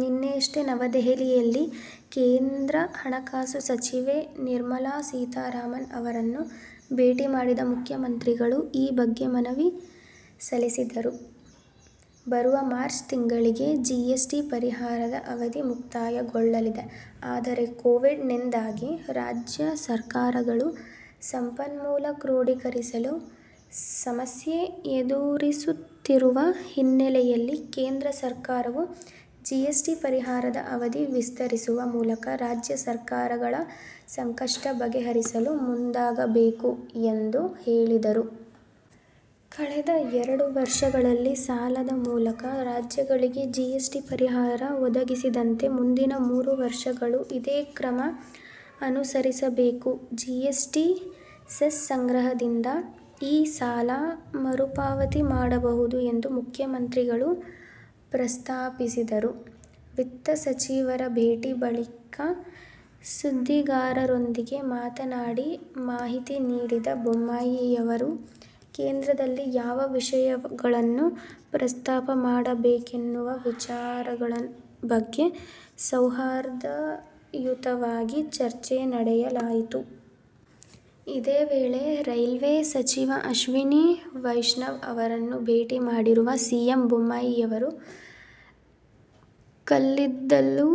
ನಿನ್ನೆಯಷ್ಟೇ ನವದೆಹಲಿಯಲ್ಲಿ ಕೇಂದ್ರ ಹಣಕಾಸು ಸಚಿವೆ ನಿರ್ಮಲಾ ಸೀತಾರಾಮನ್ ಅವರನ್ನು ಭೇಟಿ ಮಾಡಿದ ಮುಖ್ಯಮಂತ್ರಿಗಳು ಈ ಬಗ್ಗೆ ಮನವಿ ಸಲ್ಲಿಸಿದರು. ಬರುವ ಮಾರ್ಚ್ ತಿಂಗಳಿಗೆ ಜಿಎಸ್'ಟಿ ಪರಿಹಾರದ ಅವಧಿ ಮುಕ್ತಾಯಗೊಳ್ಳಲಿದೆ. ಆದರೆ, ಕೋವಿಡ್ ನಿಂದಾಗಿ ರಾಜ್ಯ ಸರ್ಕಾರಗಳು ಸಂಪನ್ಮೂಲ ಕ್ರೋಢಿಕರಿಸಲು ಸಮಸ್ಯೆ ಎದುರಿಸುತ್ತಿರುವ ಹಿನ್ನೆಲೆಯಲ್ಲಿ ಕೇಂದ್ರ ಸರ್ಕಾರವು ಜಿಎಸ್'ಟಿ ಪರಿಹಾರದ ಅವಧಿ ವಿಸ್ತರಿಸುವ ಮೂಲಕ ರಾಜ್ಯ ಸರ್ಕಾರಗಳ ಸಂಕಷ್ಟ ಬಗೆಹರಿಸಲು ಮುಂದಾಗಬೇಕು ಎಂದು ಹೇಳಿದರು. ಕಳೆದ ಎರಡು ವರ್ಷಗಳಲ್ಲಿ ಸಾಲದ ಮೂಲಕ ರಾಜ್ಯಗಳಿಗೆ ಜಿಎಸ್'ಟಿ ಪರಿಹಾರ ಒದಗಿಸಿದಂತೆ ಮುಂದಿನ ಮೂರು ವರ್ಷಗಳೂ ಇದೇ ಕ್ರಮ ಅನುಸರಿಸಬೇಕು. ಜಿಎಸ್'ಟಿ ಸೆಸ್ ಸಂಗ್ರಹದಿಂದ ಈ ಸಾಲ ಮರುಪಾವತಿ ಮಾಡಬಹುದು ಎಂದು ಮುಖ್ಯಮಂತ್ರಿಗಳು ಪ್ರಸ್ತಾಪಿಸಿದರು. ವಿತ್ತ ಸಚಿವರ ಭೇಟಿ ಬಳಿಕ ಸುದ್ದಿಗಾರರೊಂದಿಗೆ ಮಾತನಾಡಿ ಮಾಹಿತಿ ನೀಡಿದ ಬೊಮ್ಮಾಯಿಯವರು, ಕೇಂದ್ರದಲ್ಲಿ ಯಾವ ವಿಷಯಗಳನ್ನು ಪ್ರಸ್ತಾಾಪ ಮಾಡಬೇಕೆನ್ನುವ ವಿಚಾರಗಳ ಬಗ್ಗೆ ಸೌಹಾರ್ದಯುತವಾಗಿ ಚರ್ಚೆ ನಡೆಸಲಾಯಿತು. ಇದೇ ವೇಳೆ ರೈಲ್ವೇ ಸಚಿವ ಅಶ್ವನಿ ವೈಷ್ಣವ್ ಅವರನ್ನೂ ಭೇಟಿ ಮಾಡಿರುವ ಸಿಎಂ ಬೊಮ್ಮಾಯಿಯವರು, ಕಲ್ಲಿದ್ದಲು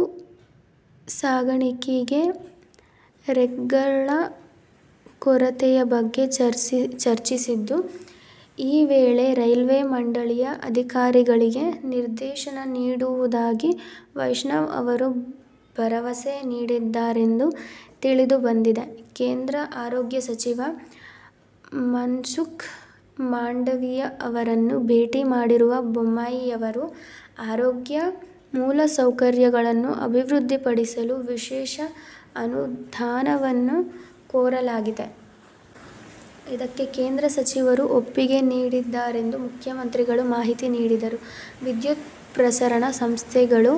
ಸಾಗಾಣಿಕೆಗೆ ರೇಕ್ಗಳ ಕೊರತೆಯ ಬಗ್ಗೆ ಚರ್ಚಿಸಿದ್ದು, ಈ ವೇಳೆ ರೈಲ್ವೆ ಮಂಡಳಿಯ ಅಧಿಕಾರಿಗಳಿಗೆ ನಿರ್ದೇಶನ ನೀಡುವುದಾಗಿ ವೈಷ್ಣವ್ ಅವರು ಭರವಸೆ ನೀಡಿದ್ದಾರೆಂದು ತಿಳಿದುಬಂದಿದೆ. ಕೇಂದ್ರ ಆರೋಗ್ಯ ಸಚಿವ ಮನ್ಸುಖ್ ಮಾಂಡವಿಯಾ ಅವರನ್ನೂ ಭೇಟಿ ಮಾಡಿರುವ ಬೊಮ್ಮಾಯಿಯವರು, "ಆರೋಗ್ಯ ಮೂಲಸೌಕರ್ಯಗಳನ್ನು ಅಭಿವೃದ್ಧಿಪಡಿಸಲು ವಿಶೇಷ ಅನುದಾನವನ್ನು ಕೋರಲಾಗಿದೆ. ಇದಕ್ಕೆ ಕೇಂದ್ರ ಸಚಿವರು ಒಪ್ಪಿಗೆ ನೀಡಿದ್ದಾರೆಂದು ಮುಖ್ಯಮಂತ್ರಿಗಳು ಮಾಹಿತಿ ನೀಡಿದರು. ವಿದ್ಯುತ್ ಪ್ರಸರಣಾ ಸಂಸ್ಥೆಗಳು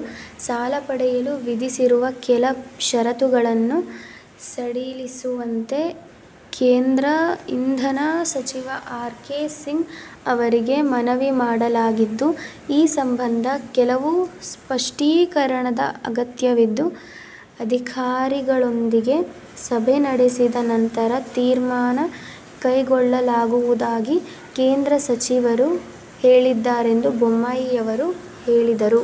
ಸಾಲ ಪಡೆಯಲು ವಿಧಿಸಿರುವ ಕೆಲ ಷರತ್ತುಗಳನ್ನು ಸಡಿಲಿಸುವಂತೆ ಕೇಂದ್ರ ಇಂಧನ ಸಚಿವ ಆರ್. ಕೆ. ಸಿಂಗ್ ಅವರಿಗೆ ಮನವಿ ಮಾಡಲಾಗಿದ್ದು, ಈ ಸಂಬಂಧ ಕೆಲವು ಸ್ಪಷ್ಟೀಕರಣದ ಅಗತ್ಯವಿದ್ದು, ಅಧಿಕಾರಿಗಳೊಂದಿಗೆ ಸಭೆ ನಡೆಸಿದ ನಂತರ ತೀರ್ಮಾನ ಕೈಗೊಳ್ಳಲಾಗುವುದಾಗಿ ಕೇಂದ್ರ ಸಚಿವರು ಹೇಳಿದ್ದಾರೆಂದು ಬೊಮ್ಮಾಯಿಯವರು ಹೇಳಿದರು.